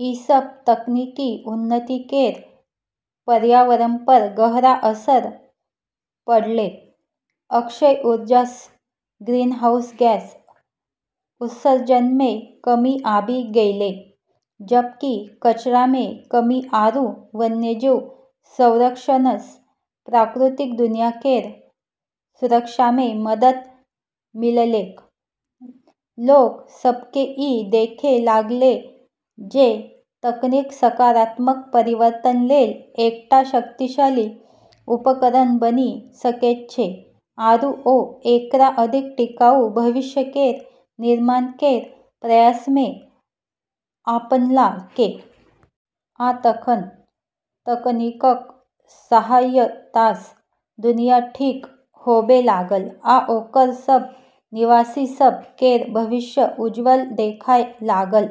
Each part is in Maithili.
ई सब तकनीकी उन्नति केर पर्यावरणपर गहरा असर पड़लै। अक्षय ऊर्जासँ ग्रीनहाउस गैस उत्सर्जनमे कमी आबी गेलै, जबकि कचरामे कमी आरू वन्यजीव संरक्षणसँ प्राकृतिक दुनिया केर सुरक्षामे मदद मिललैक। लोग सभकेँ ई देखै लागलै जे तकनीक सकारात्मक परिवर्तन लेल एकटा शक्तिशाली उपकरण बनी सकैत छै, आरू ओ एकरा अधिक टिकाऊ भविष्य केर निर्माण केर प्रयासमे अपनालकै। आ तखन, तकनीकक सहायतासँ दुनिया ठीक होबै लागल, आ ओकर सब निवासी सभ केर भविष्य उज्ज्वल देखाय लागल।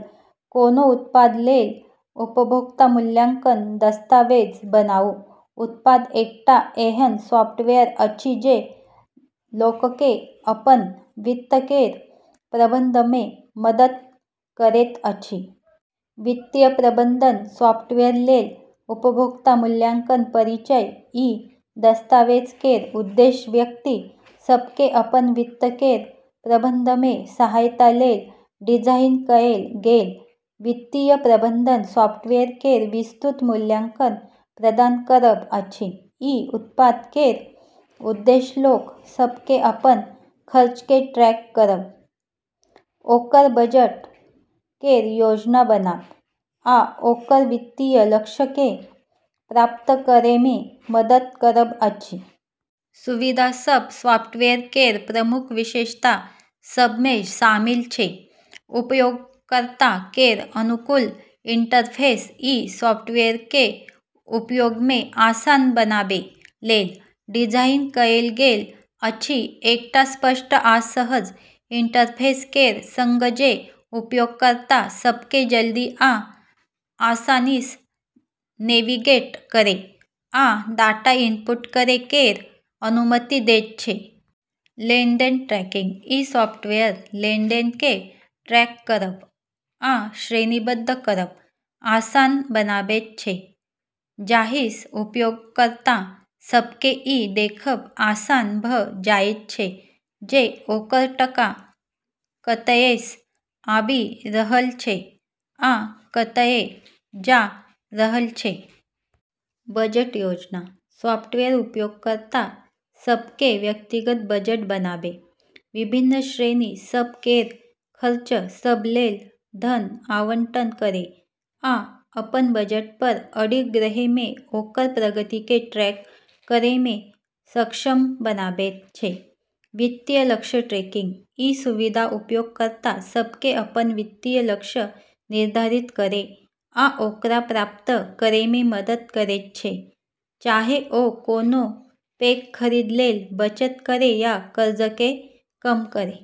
कोनो उत्पाद लेल उपभोक्ता मूल्यांकन दस्तावेज बनाऊ। उत्पाद एकटा एहन सॉफ्टवेयर अछि जे लोककेँ अपन वित्त केर प्रबंधनमे मदद करैत अछि। वित्तीय प्रबंधन सॉफ्टवेयर लेल उपभोक्ता मूल्यांकन परिचय: ई दस्तावेज केर उद्देश्य व्यक्ति सभकेँ अपन वित्त केर प्रबंधनमे सहायता लेल डिजाइन कएल गेल वित्तीय प्रबंधन सॉफ्टवेयर केर विस्तृत मूल्यांकन प्रदान करब अछि। ई उत्पाद केर उद्देश्य लोग सभकेँ अपन खर्चकेँ ट्रैक करब, ओकर बजट केर योजना बनाब, आ ओकर वित्तीय लक्ष्यकेँ प्राप्त करैमे मदद करब अछि। सुविधा सभ: सॉफ्टवेयर केर प्रमुख विशेषता सभमे शामिल छै: उपयोगकर्ता केर अनुकूल इंटरफेस: ई सॉफ्टवेयरकेँ उपयोगमे आसान बनाबै लेल डिजाइन कएल गेल अछि, एकटा स्पष्ट आ सहज इंटरफेस केर संग जे उपयोगकर्ता सभकेँ जल्दी आ आसानीसँ नेविगेट करै आ डाटा इनपुट करै केर अनुमति दैत छै। लेनदेन ट्रैकिंग: ई सॉफ्टवेयर लेनदेनकेँ ट्रैक करब आ श्रेणीबद्ध करब आसान बनाबैत छै, जाहिंसँ उपयोगकर्ता सभकेँ ई देखब आसान भऽ जाइत छै जे ओकर टका कतएसँ आबि रहल छै आ कतए जा रहल छै। बजट योजना: सॉफ्टवेयर उपयोगकर्ता सभकेँ व्यक्तिगत बजट बनाबै, विभिन्न श्रेणी सभ केर खर्च सभ लेल धन आवंटन करै, आ अपन बजटपर अडिग रहैमे ओकर प्रगति केँ ट्रैक करैमे सक्षम बनाबैत छै। वित्तीय लक्ष्य ट्रैकिंग: ई सुविधा उपयोगकर्ता सभकेँ अपन वित्तीय लक्ष्य निर्धारित करै आ ओकरा प्राप्त करैमे मदद करैत छै, चाहे ओ कोनो पैघ खरीद लेल बचत करै या कर्जकेँ कम करै।